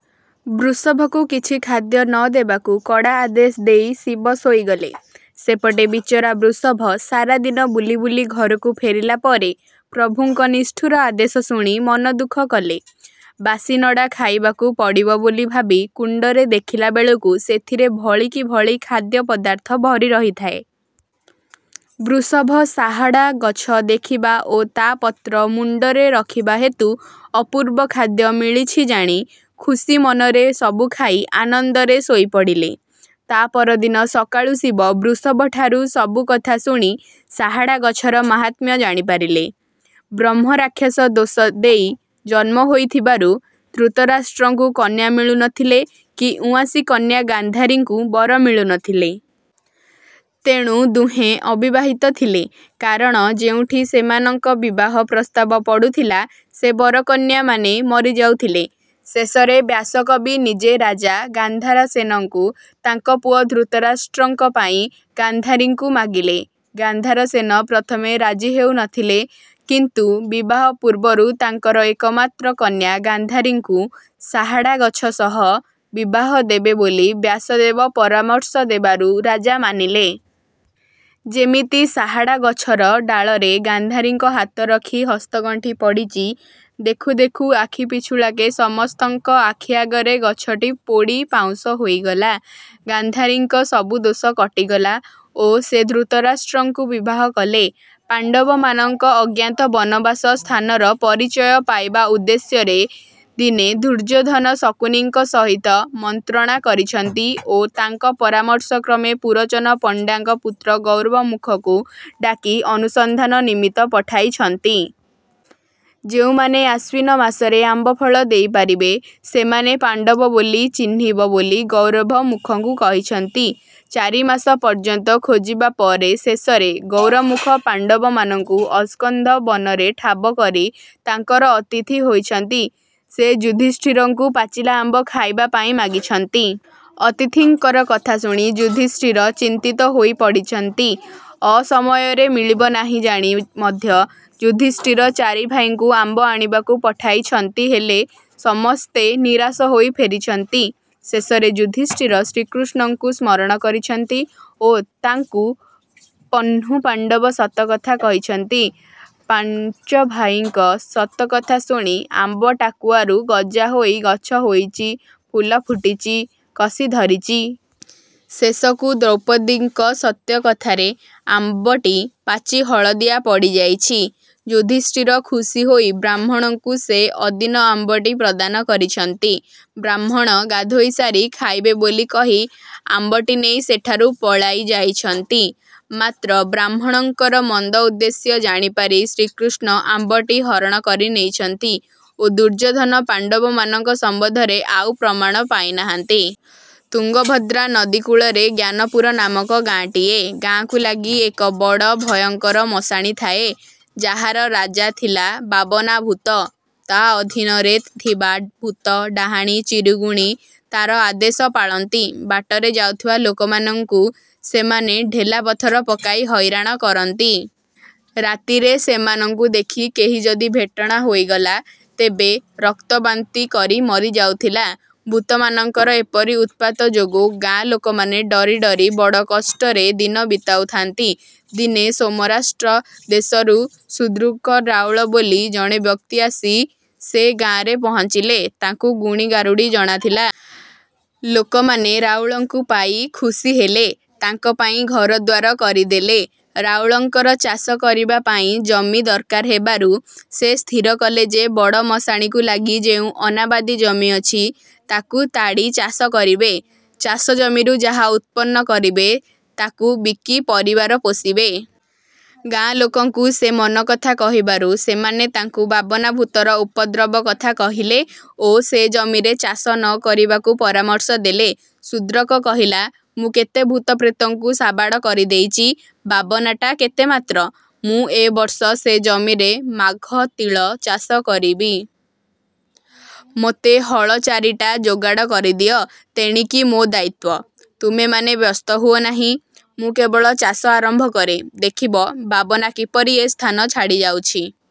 ବୃଷଭକୁ କିଛି ଖାଦ୍ୟ ନ ଦେବାକୁ କଡା ଆଦେଶ ଦେଇ ଶିବ ଶୋଇଗଲେ। ସେପଟେ ବିଚରା ବୃଷଭ ସାରାଦିନ ବୁଲି ବୁଲି ଘରକୁ ଫେରିଲା ପରେ ପ୍ରଭୁଙ୍କ ନିଷ୍ଠୁର ଆଦେଶ ଶୁଣି ମନଦୁଃଖ କଲେ। ବାସିନଡା ଖାଇବାକୁ ପଡିବ ବୋଲି ଭାବି କୁଣ୍ଡରେ ଦେଖିଲା ବେଳକୁ ସେଥିରେ ଭଳିକି ଭଳି ଖାଦ୍ୟପଦାର୍ଥ ଭରି ରହିଥାଏ। ବୃଷଭ ଶାହଡ଼ା ଗଛ ଦେଖିବା ଓ ତା ପତ୍ରମୁଣ୍ଡରେ ରଖିବା ହେତୁ ଅପୁର୍ବ ଖାଦ୍ୟ ମିଳିଛି ଜାଣି ଖୁସି ମନରେ ସବୁ ଖାଇ ଆନନ୍ଦରେ ଶୋଇ ପଡିଲେ। ତା ପରଦିନ ସକାଳୁ ଶିବ ବୃଷଭଠାରୁ ସବୁ କଥା ଶୁଣି ଶାହାଡ଼ାଗଛର ମାହାତ୍ମ୍ୟ ଜାଣିପାରିଲେ। ବ୍ରହ୍ମରାକ୍ଷସ ଦୋଷ ନେଇ ଜନ୍ମ ହୋଇଥିବାରୁ ଧୃତରାଷ୍ଟ୍ରଙ୍କୁ କନ୍ୟା ମିଳୁନଥିଲେ କି ଉଆଁସୀ କନ୍ୟା ଗାନ୍ଧାରୀଙ୍କୁ ବର ମିଳୁନଥିଲେ। ତେଣୁ ଦୁହେଁ ଅବିବାହିତ ଥିଲେ କାରଣ ଯେଉଁଠି ସେମାନଙ୍କ ବିବାହ ପ୍ରସ୍ତାବ ପଡୁଥିଲା, ସେ ବରକନ୍ୟାମାନେ ମରିଯାଉଥିଲେ। ଶେଷରେ ବ୍ୟାସକବି ନିଜେ ରାଜା ଗାନ୍ଧାରସେନଙ୍କୁ ତାଙ୍କ ପୁଅ ଧୃତରାଷ୍ଟ୍ରଙ୍କ ପାଇଁ ଗାନ୍ଧାରୀଙ୍କୁ ମାଗିଲେ। ଗାନ୍ଧାରସେନ ପ୍ରଥମେ ରାଜି ହେଉ ନଥିଲେ, କିନ୍ତୁ ବିବାହ ପୁର୍ବରୁ ତାଙ୍କର ଏକମାତ୍ର କନ୍ୟା ଗାନ୍ଧାରୀଙ୍କୁ ଶାହାଡ଼ାଗଛ ସହ ବିବାହ ଦେବେ ବୋଲି ବ୍ୟାସଦେବ ପରାମର୍ଶ ଦେବାରୁ ରାଜା ମାନିଲେ। ଯେମିତି ଶାହାଡ଼ାଗଛର ଡାଳରେ ଗାନ୍ଧାରୀଙ୍କ ହାତ ରଖି ହସ୍ତଗଣ୍ଠି ପଡିଛି, ଦେଖୁ ଦେଖୁ ଆଖିପିଛୁଳାକେ ସମସ୍ତଙ୍କ ଆଖି ଆଗରେ ଗଛଟି ପୋଡ଼ି ପାଉଁଶ ହୋଇଗଲା। ଗାନ୍ଧାରୀଙ୍କ ସବୁ ଦୋଷ କଟିଗଲା ଓ ସେ ଧୃତରାଷ୍ଟ୍ରଙ୍କୁ ବିବାହ କଲେ। ପାଣ୍ଡବମାନଙ୍କ ଅଜ୍ଞାତ ବନବାସ ସ୍ଥାନର ପରିଚୟ ପାଇବା ଉଦ୍ଦେଶ୍ୟରେ ଦିନେ ଦୁର୍ଯୋଧନ ଶକୁନିଙ୍କ ସହିତ ମନ୍ତ୍ରଣା କରିଛନ୍ତି ଓ ତାଙ୍କ ପରାମର୍ଶକ୍ରମେ ପୁରଚନ ପଣ୍ଡାଙ୍କ ପୁତ୍ର ଗୌରମୁଖକୁ ଡାକି ଅନୁସନ୍ଧାନ ନିମିତ୍ତ ପଠାଇଛନ୍ତି। ଯେଉଁମାନେ ଆଶ୍ୱିନ ମାସରେ ଆମ୍ବଫଳ ଦେଇ ପାରିବେ, ସେମାନେ ପାଣ୍ଡବ ବୋଲି ଚିହ୍ନିବ ବୋଲି ଗୌରମୁଖଙ୍କୁ କହିଛନ୍ତି। ଚାରିମାସ ପର୍ଯନ୍ତ ଖୋଜିବା ପରେ ଶେଷରେ ଗୌରମୁଖ ପାଣ୍ଡବମାନଙ୍କୁ ଅସ୍କନ୍ଧ ବନରେ ଠାବ କରି ତାଙ୍କର ଅତିଥି ହୋଇଛନ୍ତି। ସେ ଯୁଧିଷ୍ଠିରଙ୍କୁ ପାଚିଲା ଆମ୍ବ ଖାଇବା ପାଇଁ ମାଗିଛନ୍ତି। ଅତିଥିଙ୍କର କଥା ଶୁଣି ଯୁଧିଷ୍ଠିର ଚିନ୍ତିତ ହୋଇ ପଡିଛନ୍ତି। ଅସମୟରେ ମିଳିବନାହିଁ ଜାଣି ମଧ୍ୟ ଯୁଧିଷ୍ଠିର ଚାରିଭାଇଙ୍କୁ ଆମ୍ବ ଆଣିବାକୁ ପଠାଇଛନ୍ତି ହେଲେ ସମସ୍ତେ ନିରାଶ ହୋଇ ଫେରିଛନ୍ତି। ଶେଷରେ ଯୁଧିଷ୍ଠିର ଶ୍ରୀକୃଷ୍ନଙ୍କୁ ସ୍ମରଣ କରିଛନ୍ତି ଓ ତାଙ୍କୁ ପନ୍ହୁପାଣ୍ଡବ ସତକଥା କହିଛନ୍ତି। ପାଙ୍ଚଭାଇଙ୍କ ସତ୍ୟକଥା ଶୁଣି ଆମ୍ବ ଟାକୁଆରୁ ଗଜା ହୋଇ ଗଛ ହୋଇଛି, ଫୁଲ ଫୁଟିଛି, କଷି ଧରିଛି। ଶେଷକୁ ଦ୍ରୌପଦୀଙ୍କ ସତ୍ୟକଥାରେ ଆମ୍ବଟି ପାଚି ହଳଦିଆ ପଡିଯାଇଛି। ଯୁଧିଷ୍ଠିର ଖୁସି ହୋଇ ବ୍ରାହ୍ମଣଙ୍କୁ ସେ ଅଦିନ ଆମ୍ବଟି ପ୍ରଦାନ କରିଛନ୍ତି। ବ୍ରାହ୍ମଣ ଗଧୋଇସାରି ଖାଇବେ ବୋଲି କହି ଆମ୍ବଟି ନେଇ ସେଠାରୁ ପଳାଇ ଯାଇଛନ୍ତି। ମାତ୍ର ବ୍ରାହ୍ମଣଙ୍କର ମନ୍ଦ ଉଦ୍ଦେଶ୍ୟ ଜାଣିପାରି ଶ୍ରୀକୃଷ୍ନ ଆମ୍ବଟି ହରଣ କରି ନେଇଛନ୍ତି ଓ ଦୁର୍ଯୋଧନ ପାଣ୍ଡବମାନଙ୍କ ସମ୍ବନ୍ଧରେ ଆଉ ପ୍ରମାଣ ପାଇନାହାନ୍ତି। ତୁଙ୍ଗଭଦ୍ରା ନଦୀ କୁଳରେ ଜ୍ଞାନପୁର ନାମକ ଗାଁଟିଏ। ଗାଁକୁ ଲାଗି ଏକ ବଡ଼ ଭୟଙ୍କର ମଶାଣୀ ଥାଏ, ଯାହାର ରାଜା ଥିଲା ବାବନାଭୁତ। ତା ଅଧୀନରେ ଥିବା ଭୁତ, ଡାହାଣୀ, ଚିରୁଗୁଣୀ ତାର ଆଦେଶ ପାଳନ୍ତି। ବାଟରେ ଯାଉଥିବା ଲୋକମାନଙ୍କୁ ସେମାନେ ଢେଲାପଥର ପକାଇ ହଇରାଣ କରନ୍ତି। ରାତିରେ ସେମାନଙ୍କୁ ଦେଖି କେହି ଯଦି ଭେଟଣା ହୋଇଗଲା, ତେବେ ରକ୍ତବାନ୍ତି କରି ମରି ଯାଉଥିଲା। ଭୁତମାନଙ୍କର ଏପରି ଉତ୍ପାତଯୋଗୁ ଗାଁ ଲୋକମାନେ ଡରିଡରି ବଡ଼ କଷ୍ଟରେ ଦିନ ବିତାଉଥାନ୍ତି। ଦିନେ ସୋମରାଷ୍ଟ୍ର ଦେଶରୁ ଶୁଦ୍ରକ ରାଉଳ ବୋଲି ଜଣେ ବ୍ୟକ୍ତି ଆସି ସେ ଗାଁରେ ପହଙ୍ଚିଲେ, ତାଙ୍କୁ ଗୁଣି ଗାରୁଡି ଜଣାଥିଲା। ଲୋକମାନେ ରାଉଳଙ୍କୁ ପାଇ ଖୁସି ହେଲେ, ତାଙ୍କପାଇଁ ଘରଦ୍ୱାର କରିଦେଲେ। ରାଉଳଙ୍କର ଚାଷ କରିବାପାଇଁ ଜମି ଦରକାର ହେବାରୁ ସେ ସ୍ଥିର କଲେ ଯେ ବଡ଼ ମଶାଣୀକୁ ଲାଗି ଯେଉଁ ଅନାବାଦୀ ଜମି ଅଛି, ତାକୁ ତାଡି ଚାଷ କରିବେ। ଚାଷଜମିରୁ ଯାହା ଉତ୍ପନ୍ନ କରିବେ ତାକୁ ବିକି ପରିବାର ପୋଷିବେ। ଗାଁଲୋକଙ୍କୁ ସେ ମନକଥା କହିବାରୁ ସେମାନେ ତାଙ୍କୁ ବାବନାଭୁତର ଉପଦ୍ରବ କଥା କହିଲେ ଓ ସେ ଜମିରେ ଚାଷ ନ କରିବାକୁ ପରାମର୍ଶ ଦେଲେ। ଶୁଦ୍ରକ କହିଲା "ମୁଁ କେତେ ଭୁତ ପ୍ରେତଙ୍କୁ ସାବାଡ଼ କରିଦେଇଚି, ବାବନାଟା କେତେ ମାତ୍ର! ମୁଁ ଏବର୍ଷ ସେ ଜମିରେ ମାଘତିଳ ଚାଷ କରିବି। ମୋତେ ହଳ ଚାରିଟା ଯୋଗାଡ଼ କରିଦିଅ। ତେଣିକି ମୋ ଦାୟିତ୍ୱ। ତୁମେମାନେ ବ୍ୟସ୍ତ ହୁଅନାହିଁ। ମୁଁ କେବଳ ଚାଷ ଆରମ୍ଭ କରେ, ଦେଖିବ ବାବନା କିପରି ଏ ସ୍ଥାନ ଛାଡ଼ିଯାଉଛି।